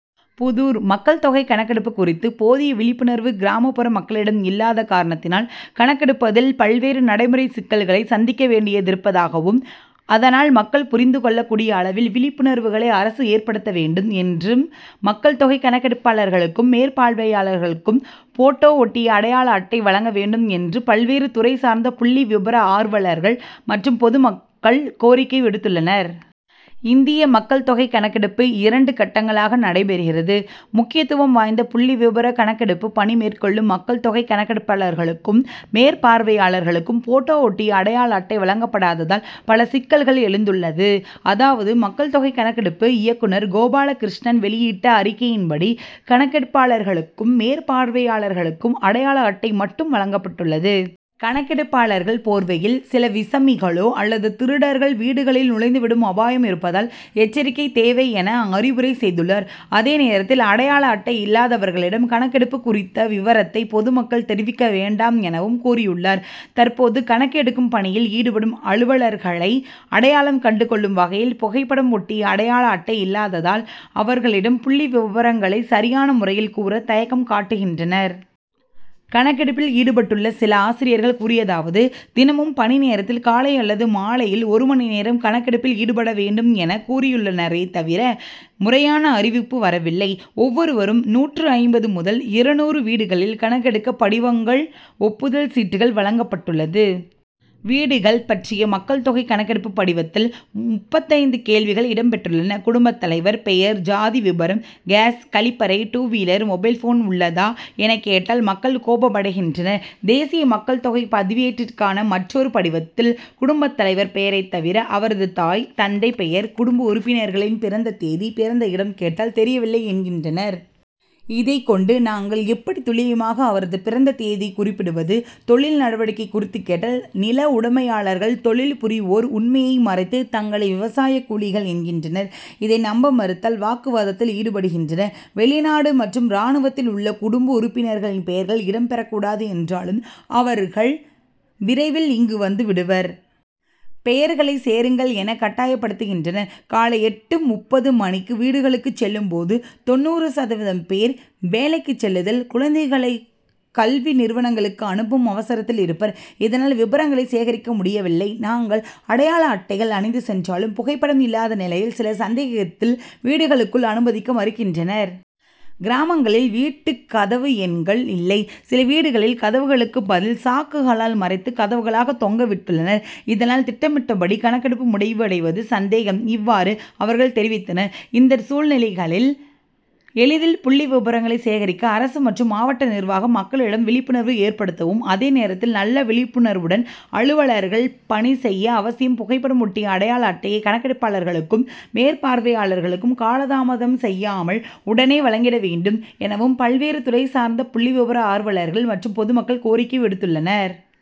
புதூர் மக்கள் தொகை கணக்கெடுப்பு குறித்து போதிய விழிப்புணர்வு கிராமப்புற மக்களிடம் இல்லாத காரணத் தினால் கணக்கெடுப்பதில் பல் வேறு நடைமுறை சிக்கல்களை சந்திக்கவேண்டியதிருப்பதாகவும் அதனால் மக்கள் புரிந்து கொள்ளக்கூடியஅளவில்விழிப்புணர்வுகளை அரசு ஏற்படுத்தவேண்டும் என்றும் மக்கள்தொகை கணக்கெடுப்பாளர்களுக்கும், மேற்பார்வையாளர்களுக்கும் போட்டோ ஒட்டிய அடையாள அட்டை வழங்க வேண்டும் என்று பல்வேறு துறை சார்ந்த புள்ளி விபர ஆர்வலர்கள் மற்றும் பொது மக்கள் கோரிக்கை விடுத்துள்ளனர். இந்திய மக்கள்தொகை கணக்கெடுப்பு இரண்டு கட்டங்களாக நடைபெறுகிறது. முக்கியத்துவம் வாய்ந்த புள்ளி விபர கணக்கெடுப்பு பணி மேற்கொள்ளும் மக்கள் தொகை கணக்கெடுப்பாளர்களுக்கும், மேற்பார்வையாளர்களுக்கும் போட்டோ ஒட்டிய அடையாள அட்டை வழங்கப்படாததால் பல சிக்கல்கள் எழுந்துள்ளது. அதாவது மக்கள் தொகை கணக்கெடுப்பு இயக்குநர் கோபாலகிருஷ்ணன் வெளியிட்ட அறிக்கையின் படி கணக்கெடுப்பாளர்களுக்கும், மேற்பார்வையாளர்களுக்கும் அடையாள அட்டை மட்டும் வழங்கப்பட்டுள்ளது. கணக்கெடுப்பாளர்கள் போர்வையில், சில விசமிகளோ அல்லது திருடர்கள் வீடுகளில் நுழைந்து விடும் அபாயம் இருப்பதால் எச்சரிக்கை தேவை என அறிவுரை செய்துள்ளார். அதே நேரத்தில் அடையாள அட்டை இல்லாதவர்களிடம் கணக்கெடுப்பு குறித்த விவரத்தை பொதுமக்கள் தெரிவிக்க வேண்டாம் எனவும் கூறியுள்ளார். தற்போது கணக்கு எடுக்கும் பணியில் ஈடுபடும் அலுவலர்களை அடையாளம் கண்டு கொள்ளும் வகையில் புகைப்படம் ஒட்டிய அடையாள அட்டை இல்லாததால் அவர்களிடம் புள்ளி விபரங்களை சரியான முறையில் கூற தயக்கம் காட்டுகின்றனர். கணக்கெடுப்பில் ஈடுபட்டுள்ள சில ஆசிரியர்கள் கூறியதாவது, தினமும் பணி நேரத்தில் காலை அல்லது மாலையில் ஒரு மணி நேரம் கணக்கெடுப்பில் ஈடுபட வேண்டும் என் கூறியுள்ளனரே தவிர முறையான அறிவிப்பு வரவில்லை. ஒவ்வொருவரும் நூற்று ஐம்பது முதல் இருநூறு வீடுகளில் கணக்கெடுக்க படிவங்கள், ஒப்புதல் சீட்டுகள் வழங்கப்பட்டுள்ளது. வீடுகள் பற்றிய மக்கள் தொகை கணக்கெடுப்பு படிவத்தில் முப்பத்தைந்து கேள்விகள் இடம்பெற்றுள்ளன. குடும்பத் தலைவர் பெயர், ஜாதி விபரம், காஸ், கழிப்பறை, டூவீலர், மொபைல்போன் உள்ளதா? எனக் கேட்டால் மக்கள் கோபமடைகின்றனர். தேசிய மக்கள் தொகை பதிவேட்டிற்கான மற்றொரு படிவத்தில் குடும்பத் தலைவர் பெயரைத் தவிர அவரது தாய், தந்தை பெயர், குடும்ப உறுப்பினர்களின் பிறந்த தேதி, பிறந்த இடம் கேட்டால் தெரியவில்லை என்கின்றனர். இதைக் கொண்டு நாங்கள் எப்படி துல்லியமாக அவரது பிறந்த தேதியை குறிப்பிடுவது? தொழில் நடவடிக்கை குறித்து கேட்டால் நில உடமையாளர்கள் தொழில் புரிவோர் உண்மையை மறைத்து தங்களை விவசாயக் கூலிகள் என்கின்றனர். இதை நம்ப மறுத்தால் வாக்குவாதத்தில் ஈடுபடுகின்றனர். வெளிநாடு மற்றும் ராணுவத்தில் உள்ள குடும்ப உறுப்பினர்களின் பெயர்கள் இடம் பெறக்கூடாது என்றாலும் அவர்கள் விரைவில் இங்கு வந்து விடுவர். பெயர்களை சேருங்கள் என கட்டாயப்படுத்துகின்றனர். காலை எட்டு முப்பது மணிக்கு வீடுகளுக்குச் செல்லும் போது தொண்ணூறு சதவீதம் பேர் வேலைக்கு செல்லுதல், குழந்தைகளை கல்வி நிறுவனங்களுக்கு அனுப்பும் அவசரத்தில் இருப்பர். இதனால் விபரங்களை சேகரிக்க முடியவில்லை. நாங்கள் அடையாள அட்டைகள் அணிந்து சென்றாலும் புகைப்படம் இல்லாத நிலையில் சிலர் சந்தேகத்தில் வீடுகளுக்குள் அனுமதிக்க மறுக்கின்றனர். கிராமங்களில் வீட்டு கதவு எண்கள் இல்லை. சில வீடுகளில் கதவுகளுக்கு பதில் சாக்குகளால் மறைத்து கதவுகளாக தொங்க விட்டுள்ளனர். இதனால் திட்டமிட்டபடி கணக்கெடுப்பு முடிவடைவது சந்தேகம். இவ்வாறு அவர்கள் தெரிவித்தனர். இந்த சூழ்நிலைகளில் எளிதில் புள்ளி விபரங்களை சேகரிக்க அரசு மற்றும் மாவட்ட நிர்வாகம் மக்களிடம் விழிப்புணர்வு ஏற்படுத்தவும், அதே நேரத்தில் நல்ல விழிப்புணர்வுடன் அலுவலர்கள் பணி செய்ய அவசியம் புகைப்படம் ஒட்டிய அடையாள அட்டையை கணக்கெடுப்பாளர்களுக்கும், மேற்பார்வையாளர்களுக்கும் காலதாமதம் செய்யாமல் உடனே வழங்கிட வேண்டும் எனவும் பல்வேறு துறை சார்ந்த புள்ளி விபர ஆர்வலர்கள் மற்றும் பொதுமக்கள் கோரிக்கை விடுத்துள்ளனர்.